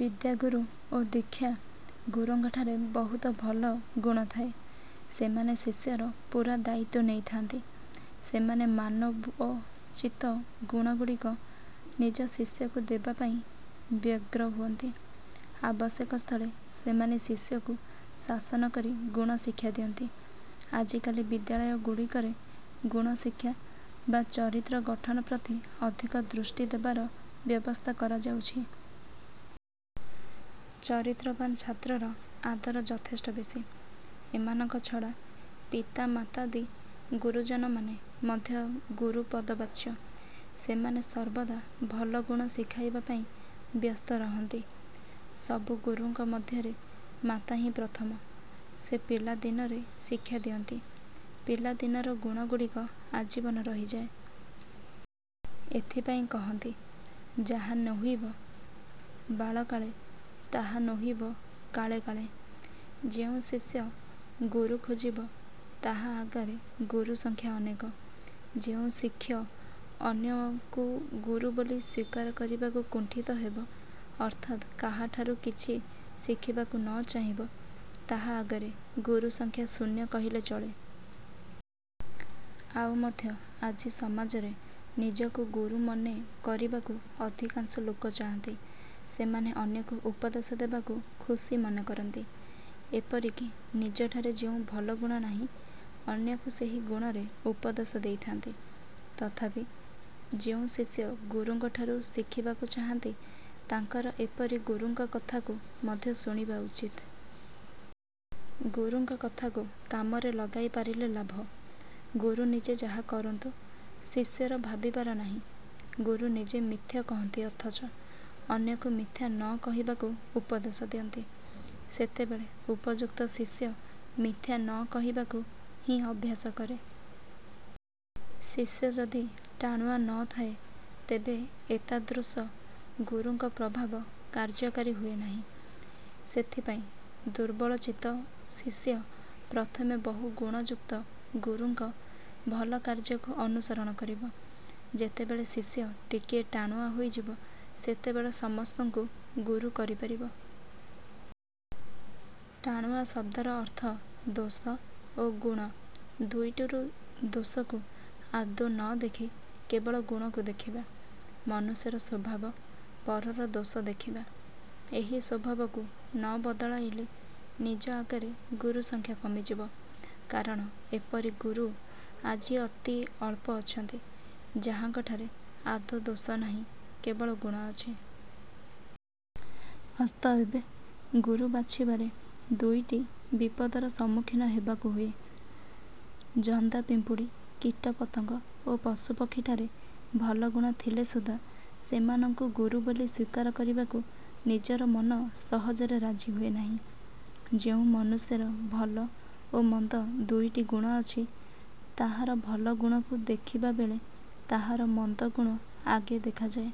ବିଦ୍ୟାଗୁରୁ ଓ ଦୀକ୍ଷା ଗୁରୁଙ୍କଠାରେ ବହୁତ ଭଲ ଗୁଣ ଥାଏ। ସେମାନେ ଶିଷ୍ୟର ପୂରା ଦାୟିତ୍ଵ ନେଇଥାନ୍ତି। ସେମାନେ ମାନବୋଚିତ ଗୁଣଗୁଡ଼ିକ ନିଜ ଶିଷ୍ୟକୁ ଦେବା ପାଇଁ ବ୍ୟଗ୍ର ହୁଅନ୍ତି-। ଆବଶ୍ୟକ ସ୍ଥଳେ ସେମାନେ ଶିଷ୍ୟକୁ ଶାସନ କରି ଗୁଣ ଶିକ୍ଷା ଦିଅନ୍ତି। ଆଜିକାଲି ବିଦ୍ୟାଳୟଗୁଡ଼ିକରେ ଗୁଣଶିକ୍ଷା ବା ଚରିତ୍ର ଗଠନ ପ୍ରତି ଅଧିକ ଦୃଷ୍ଟି ଦେବାର ବ୍ୟବସ୍ଥା କରାଯାଉଛି-। ଚରିତ୍ରବାନ ଛାତ୍ରର ଆଦର ଯଥେଷ୍ଟ ବେଶୀ। ଏମାନଙ୍କ ଛଡ଼ା ପିତାମାତାଦି ଗୁରୁଜନମାନେ ମଧ୍ୟ ଗୁରୁପଦବାଚ୍ୟ। ସେମାନେ ସର୍ବଦା ଭଲ ଗୁଣ ଶିଖାଇବା ପାଇଁ ବ୍ୟସ୍ତ ରହନ୍ତି-। ସବୁ ଗୁରୁଙ୍କ ମଧ୍ୟରେ ମାତାହିଁ ପ୍ରଥମ। ସେ ପିଲା ଦିନରେ ଶିକ୍ଷା ଦିଅନ୍ତି। ପିଲା ଦିନର ଗୁଣଗୁଡ଼ିକ ଆଜୀବନ ରହିଯାଏ। ଏଥିପାଇଁ କହନ୍ତି– ଯାହା ନୋହିବ ବାଳକାଳେ, ତାହା ନୋହିବ କାଳେ କାଳେ। ଯେଉଁ ଶିଷ୍ୟ ଗୁରୁ ଖୋଜିବ ତାହା ଆଗରେ ଗୁରୁ ସଂଖ୍ୟା ଅନେକ। ଯେଉଁ ଶିକ୍ଷ୍ୟ ଅନ୍ୟକୁ ଗୁରୁ ବୋଲି ସ୍ଵୀକାର କରିବାକୁ କୁଣ୍ଠିତ ହେବ ଅର୍ଥାତ୍ କାହାଠାରୁ କିଛି ଶିଖିବାକୁ ନ ଚାହିଁବ, ତାହା ଆଗରେ ଗୁରୁ ସଂଖ୍ୟା ଶୂନ୍ୟ କହିଲେ ଚଳେ। ଆଉ ମଧ୍ୟ ଆଜି ସମାଜରେ ନିଜକୁ ଗୁରୁ ମନେ କରିବାକୁ ଅଧିକାଂଶ ଲୋକ ଚାହାନ୍ତି। ସେମାନେ ଅନ୍ୟକୁ ଉପଦେଶ ଦେବାକୁ ଖୁସି ମନେ କରନ୍ତି। ଏପରିକି ନିଜଠାରେ ଯେଉଁ ଭଲଗୁଣ ନାହିଁ, ଅନ୍ୟକୁ ସେହି ଗୁଣରେ ଉପଦେଶ ଦେଇଥାନ୍ତି। ତଥାପି ଯେଉଁ ଶିକ୍ଷ୍ୟ ଗୁରୁଙ୍କଠାରୁ ଶିଖିବାକୁ ଚାହାନ୍ତି, ତାଙ୍କର ଏପରି ଗୁରୁଙ୍କ କଥାକୁ ମଧ୍ୟ ଶୁଣିବା ଉଚିତ। ଗୁରୁଙ୍କ କଥାକୁ କାମରେ ଲଗାଇ ପାରିଲେ ଲାଭ। ଗୁରୁ ନିଜେ ଯାହା କରନ୍ତୁ, ଶିଷ୍ୟର ଭାବିବାର ନାହିଁ। ଗୁରୁ ନିଜେ ମିଥ୍ୟା କହନ୍ତି ଅଥଚ ଅନ୍ୟକୁ ମିଥ୍ୟା ନ କହିବାକୁ ଉପଦେଶ ଦିଅନ୍ତି, ସେତେବେଳେ ଉପଯୁକ୍ତ ଶିଷ୍ୟ ମିଥ୍ୟା ନ କହିବାକୁ ହିଁ ଅଭ୍ୟାସ କରେ। ଶିଷ୍ୟ ଯଦି ଟାଣୁଆ ନ ଥାଏ ତେବେ ଏତାଦୃଶ ଗୁରୁଙ୍କ ପ୍ରଭାବ କାର୍ଯ୍ୟକାରୀ ହୁଏ ନାହିଁ। ସେଥିପାଇଁ ଦୁର୍ବଳଚିତ୍ତ ଶିଷ୍ୟ ପ୍ରଥମେ ବହୁ ଗୁଣ ଯୁକ୍ତ ଗୁରୁଙ୍କ ଭଲ କାର୍ଯ୍ୟକୁ ଅନୁସରଣ କରିବ। ଯେତେବେଳେ ଶିଷ୍ୟ ଟିକିଏ ଟାଣୁଆ ହୋଇଯିବ ସେତେବେଳେ ସମସ୍ତଙ୍କୁ ଗୁରୁ କରିପାରିବ। ଟାଣୁଆ ଶବ୍ଦର ଅର୍ଥ–ଦୋଷ ଓ ଗୁଣ ଦୁଇଟିରୁ ଦୋଷକୁ ଆଦୌ ନ ଦେଖି କେବଳ ଗୁଣକୁ ଦେଖିବା। ମନୁଷ୍ୟର ସ୍ଵଭାବ, ପରର ଦୋଷ ଦେଖିବା। ଏହି ସ୍ଵଭାବକୁ ନ ବଦଳାଇଲେ ନିଜ ଆଗରେ ଗୁରୁ ସଂଖ୍ୟା କମିଯିବ। କାରଣ ଏପରି ଗୁରୁ ଆଜି ଅତି ଅଳ୍ପ ଅଛନ୍ତି, ଯାହାଙ୍କଠାରେ ଆଦୌ ଦୋଷ ନାହିଁ କେବଳ ଗୁଣ ଅଛି। ଅତଏବ ଗୁରୁ ବାଛିବାରେ ଦୁଇଟି ବିପଦର ସମ୍ମୁଖୀନ ହେବାକୁ ହୁଏ। ଜନ୍ଦା ପିମ୍ପୁଡ଼ି, କୀଟପତଙ୍ଗ ଓ ପଶୁପକ୍ଷୀ ଠାରେ ଭଲ ଗୁଣ ଥିଲେ ସୁଧା ସେମାନଙ୍କୁ ଗୁରୁ ବୋଲି ସ୍ଵୀକାର କରିବାକୁ ନିଜର ମନ ସହଜରେ ରାଜି ହୁଏ ନାହିଁ। ଯେଉଁ ମନୁଷ୍ୟର ଭଲ ଓ ମନ୍ଦ ଦୁଇଟି ଗୁଣ ଅଛି, ତାହାର ଭଲ ଗୁଣକୁ ଦେଖିବାବେଳେ ତାହାର ମନ୍ଦ ଗୁଣ ଆଗେ ଦେଖାଯାଏ।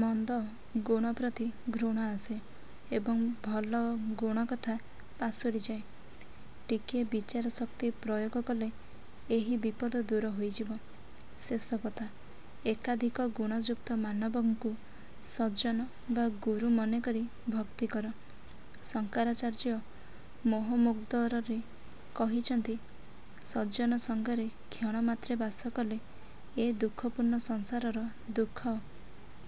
ମନ୍ଦ ଗୁଣପ୍ରତି ଘୃଣା ଆସେ ଏବଂ ଭଲ ଗୁଣ କଥା ପାସୋରିଯାଏ। ଟିକିଏ ବିଚାରଶକ୍ତି ପ୍ରୟୋଗ କଲେ ଏହି ବିପଦ ଦୂର ହୋଇଯିବ। ଶେଷକଥା, ଏକାଧିକ ଗୁଣଯୁକ୍ତ ମାନବଙ୍କୁ ସଜ୍ଜନ ବା ଗୁରୁ ମନେକରି ଭକ୍ତି କର। ଶଙ୍କରାଚାର୍ଯ୍ୟ ମୋହମୁଦ୍ଗରରେ କହିଛନ୍ତି, "ସଜ୍ଜନ ସଙ୍ଗରେ କ୍ଷଣେମାତ୍ରେ ବାସ କଲେ ଏ ଦୁଃଖପୂର୍ଣ୍ଣ ସଂସାରର ଦୁଃଖ